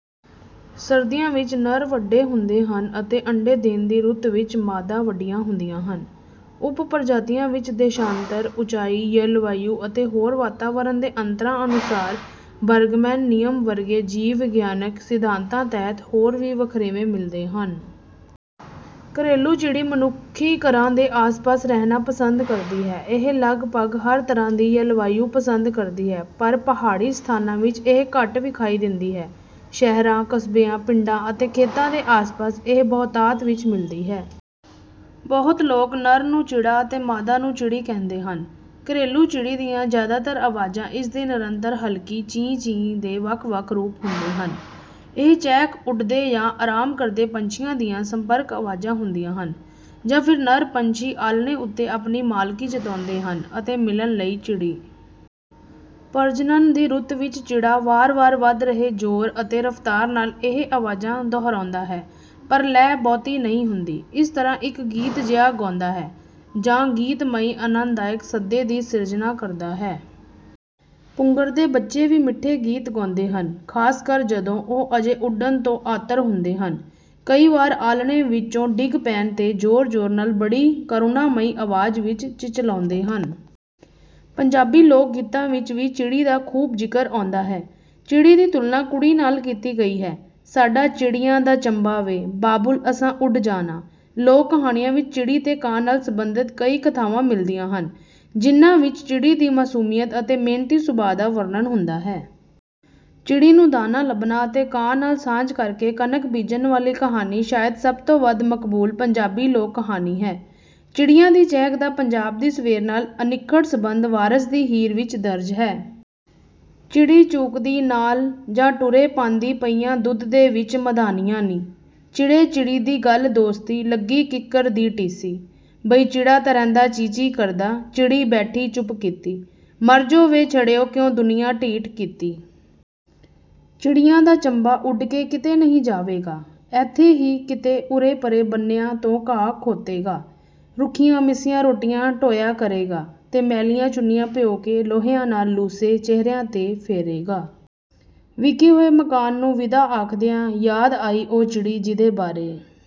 ਸਰਦੀਆਂ ਵਿੱਚ ਨਰ ਵੱਡੇ ਹੁੰਦੇ ਹਨ ਅਤੇ ਅੰਡੇ ਦੇਣ ਦੀ ਰੁੱਤ ਵਿੱਚ ਮਾਦਾ ਵੱਡੀਆਂ ਹੁੰਦੀਆਂ ਹਨ। ਉੱਪ ਪ੍ਰਜਾਤੀਆਂ ਵਿੱਚ ਦੇਸ਼ਾਂਤਰ, ਉੱਚਾਈ, ਜਲਵਾਯੂ ਅਤੇ ਹੋਰ ਵਾਤਾਵਰਨ ਦੇ ਅੰਤਰਾਂ ਅਨੁਸਾਰ ਬਰਗਮੈਨ ਨਿਯਮ ਵਰਗੇ ਜੀਵ-ਵਿਗਿਆਨਕ ਸਿਧਾਂਤਾਂ ਤਹਿਤ ਹੋਰ ਵੀ ਵਖਰੇਵੇਂ ਮਿਲਦੇ ਹਨ। ਘਰੇਲੂ ਚਿੜੀ ਮਨੁੱਖੀ ਘਰਾਂ ਦੇ ਆਸਪਾਸ ਰਹਿਣਾ ਪਸੰਦ ਕਰਦੀ ਹੈ। ਇਹ ਲਗਪਗ ਹਰ ਤਰ੍ਹਾਂ ਦੀ ਜਲਵਾਯੂ ਪਸੰਦ ਕਰਦੀ ਹੈ ਪਰ ਪਹਾੜੀ ਸਥਾਨਾਂ ਵਿੱਚ ਇਹ ਘੱਟ ਵਿਖਾਈ ਦਿੰਦੀ ਹੈ। ਸ਼ਹਿਰਾਂ, ਕਸਬਿਆਂ, ਪਿੰਡਾਂ ਅਤੇ ਖੇਤਾਂ ਦੇ ਆਸਪਾਸ ਇਹ ਬਹੁਤਾਤ ਵਿੱਚ ਮਿਲਦੀ ਹੈ। ਬਹੁਤ ਲੋਕ ਨਰ ਨੂੰ ਚਿੜਾ ਅਤੇ ਮਾਦਾ ਨੂੰ ਚਿੜੀ ਕਹਿੰਦੇ ਹਨ। ਘਰੇਲੂ ਚਿੜੀ ਦੀਆਂ ਜਿਆਦਾਤਰ ਆਵਾਜ਼ਾਂ ਇਸ ਦੀ ਨਿਰੰਤਰ ਹਲਕੀ ਚੀਂ-ਚੀਂ ਦੇ ਵੱਖ ਵੱਖ ਰੂਪ ਹੁੰਦੇ ਹਨ। ਇਹ ਚਹਿਕ ਉਡਦੇ ਜਾਂ ਆਰਾਮ ਕਰਦੇ ਪੰਛੀਆਂ ਦੀਆਂ ਸੰਪਰਕ ਆਵਾਜ਼ਾਂ ਹੁੰਦੀਆਂ ਹਨ ਜਾਂ ਫਿਰ ਨਰ ਪੰਛੀ ਆਲ੍ਹਣੇ ਉੱਤੇ ਆਪਣੀ ਮਾਲਕੀ ਜਤਾਉਂਦੇ ਹਨ ਅਤੇ ਮਿਲਣ ਲਈ ਚਿੜੀ ਪ੍ਰਜਨਣ ਦੀ ਰੁੱਤ ਵਿੱਚ ਚਿੜਾ ਵਾਰ ਵਾਰ ਵਧ ਰਹੇ ਜੋਰ ਅਤੇ ਰਫ਼ਤਾਰ ਨਾਲ ਇਹ ਆਵਾਜ਼ਾਂ ਦੁਹਰਾਉਂਦਾ ਹੈ ਪਰ ਲੈਅ ਬਹੁਤੀ ਨਹੀਂ ਹੁੰਦੀ। ਇਸ ਤਰ੍ਹਾਂ ਇੱਕ ਗੀਤ ਜਿਹਾ ਗਾਉਂਦਾ ਹੈ ਜਾਂ ਗੀਤਮਈ ਅਨੰਦਾਇਕ ਸੱਦੇ ਦੀ ਸਿਰਜਣਾ ਕਰਦਾ ਹੈ। ਪੁੰਗਰਦੇ ਬੱਚੇ ਵੀ ਮਿੱਠੇ ਗੀਤ ਗਾਉਂਦੇ ਹਨ ਖਾਸ ਕਰ ਜਦੋਂ ਉਹ ਅਜੇ ਉਡਣ ਤੋਂ ਆਤੁਰ ਹੁੰਦੇ ਹਨ। ਕਈ ਵਾਰ ਆਲ੍ਹਣੇ ਵਿੱਚੋਂ ਡਿੱਗ ਪੈਣ ਤੇ ਜੋਰ ਜੋਰ ਨਾਲ ਬੜੀ ਕਰੁਣਾਮਈ ਆਵਾਜ਼ ਵਿੱਚ ਚਿਚਲਾਉਂਦੇ ਹਨ। ਪੰਜਾਬੀ ਲੋਕ ਗੀਤਾਂ ਵਿੱਚ ਵੀ ਚਿੜੀ ਦਾ ਖੂਬ ਜ਼ਿਕਰ ਆਉਂਦਾ ਹੈ। ਚਿੜੀ ਦੀ ਤੁਲਨਾ ਕੁੜੀ ਨਾਲ ਕੀਤੀ ਗਈ ਹੈ। ਸਾਡਾ ਚਿੜੀਆਂ ਦਾ ਚੰਬਾ ਵੇ ਬਾਬੁਲ ਅਸਾਂ ਉੱਡ ਜਾਣਾ। ਲੋਕ ਕਹਾਣੀਆਂ ਵਿੱਚ ਚਿੜੀ ਤੇ ਕਾਂ ਨਾਲ ਸਬੰਧਤ ਕਈ ਕਥਾਵਾਂ ਮਿਲਦੀਆਂ ਹਨ ਜਿਹਨਾਂ ਵਿੱਚ ਚਿੜੀ ਦੀ ਮਾਸੂਮੀਅਤ ਅਤੇ ਮਿਹਨਤੀ ਸੁਭਾ ਦਾ ਵਰਣਨ ਹੁੰਦਾ ਹੈ। ਚਿੜੀ ਨੂੰ ਦਾਣਾ ਲੱਭਣਾ ਅਤੇ ਕਾਂ ਨਾਲ ਸਾਂਝ ਕਰ ਕੇ ਕਣਕ ਬੀਜਣ ਵਾਲੀ ਕਹਾਣੀ ਸ਼ਾਇਦ ਸਭ ਤੋਂ ਵੱਧ ਮਕਬੂਲ ਪੰਜਾਬੀ ਲੋਕ ਕਹਾਣੀ ਹੈ। ਚਿੜੀਆਂ ਦੀ ਚਹਿਕ ਦਾ ਪੰਜਾਬ ਦੀ ਸਵੇਰ ਨਾਲ ਅਨਿੱਖੜ ਸੰਬੰਧ ਵਾਰਸ ਦੀ ਹੀਰ ਵਿੱਚ ਦਰਜ ਹੈ। ਚਿੜੀ ਚੂਕਦੀ ਨਾਲ ਜਾਂ ਟੁਰੇ ਪਾਂਧੀ ਪਈਆਂ ਦੁੱਧ ਦੇ ਵਿੱਚ ਮਧਾਣੀਆਂ ਨੀ। ਚਿੜੇ ਚਿੜੀ ਦੀ ਲੱਗੀ ਦੋਸਤੀ ਲੱਗੀ ਕਿੱਕਰ ਦੀ ਟੀਸੀ। ਬਈ ਚਿੜਾ ਤਾਂ ਰਹਿੰਦਾ ਚੀ-ਚੀ ਕਰਦਾ ਚਿੜੀ ਬੈਠੀ ਚੁੱਪ ਕੀਤੀ। ਮਰ ਜੋ ਵੇ ਛੜਿਉ ਕਿਉਂ ਦੁਨੀਆਂ ਢੀਠ ਕੀਤੀ। ਚਿੜੀਆਂ ਦਾ ਚੰਬਾ ਉੱਡ ਕੇ ਕਿਤੇ ਨਹੀਂ ਜਾਵੇਗਾ। ਐਥੇ ਹੀ ਕਿਤੇ ਉਰੇ ਪਰੇ ਬੰਨਿਆਂ ਤੋਂ ਘਾਹ ਖੋਤੇਗਾ। ਰੁੱਖੀਆਂ ਮਿੱਸੀਆਂ ਰੋਟੀਆਂ ਢੋਇਆ ਕਰੇਗਾ ਤੇ ਮੈਲੀਆਂ ਚੁੰਨੀਆਂ ਭਿਉਂ ਕੇ ਲੋਹਿਆਂ ਨਾਲ ਲੂਸੇ ਚਿਹਰਿਆਂ ਤੇ ਫੇਰੇਗਾ। ਵਿਕੇ ਹੋਏ ਮਕਾਨ ਨੂੰ ਵਿਦਾ ਆਖਦਿਆਂ ਯਾਦ ਆਈ ਉਹ ਚਿੜੀ ਜਿਹਦੇ ਬਾਰੇ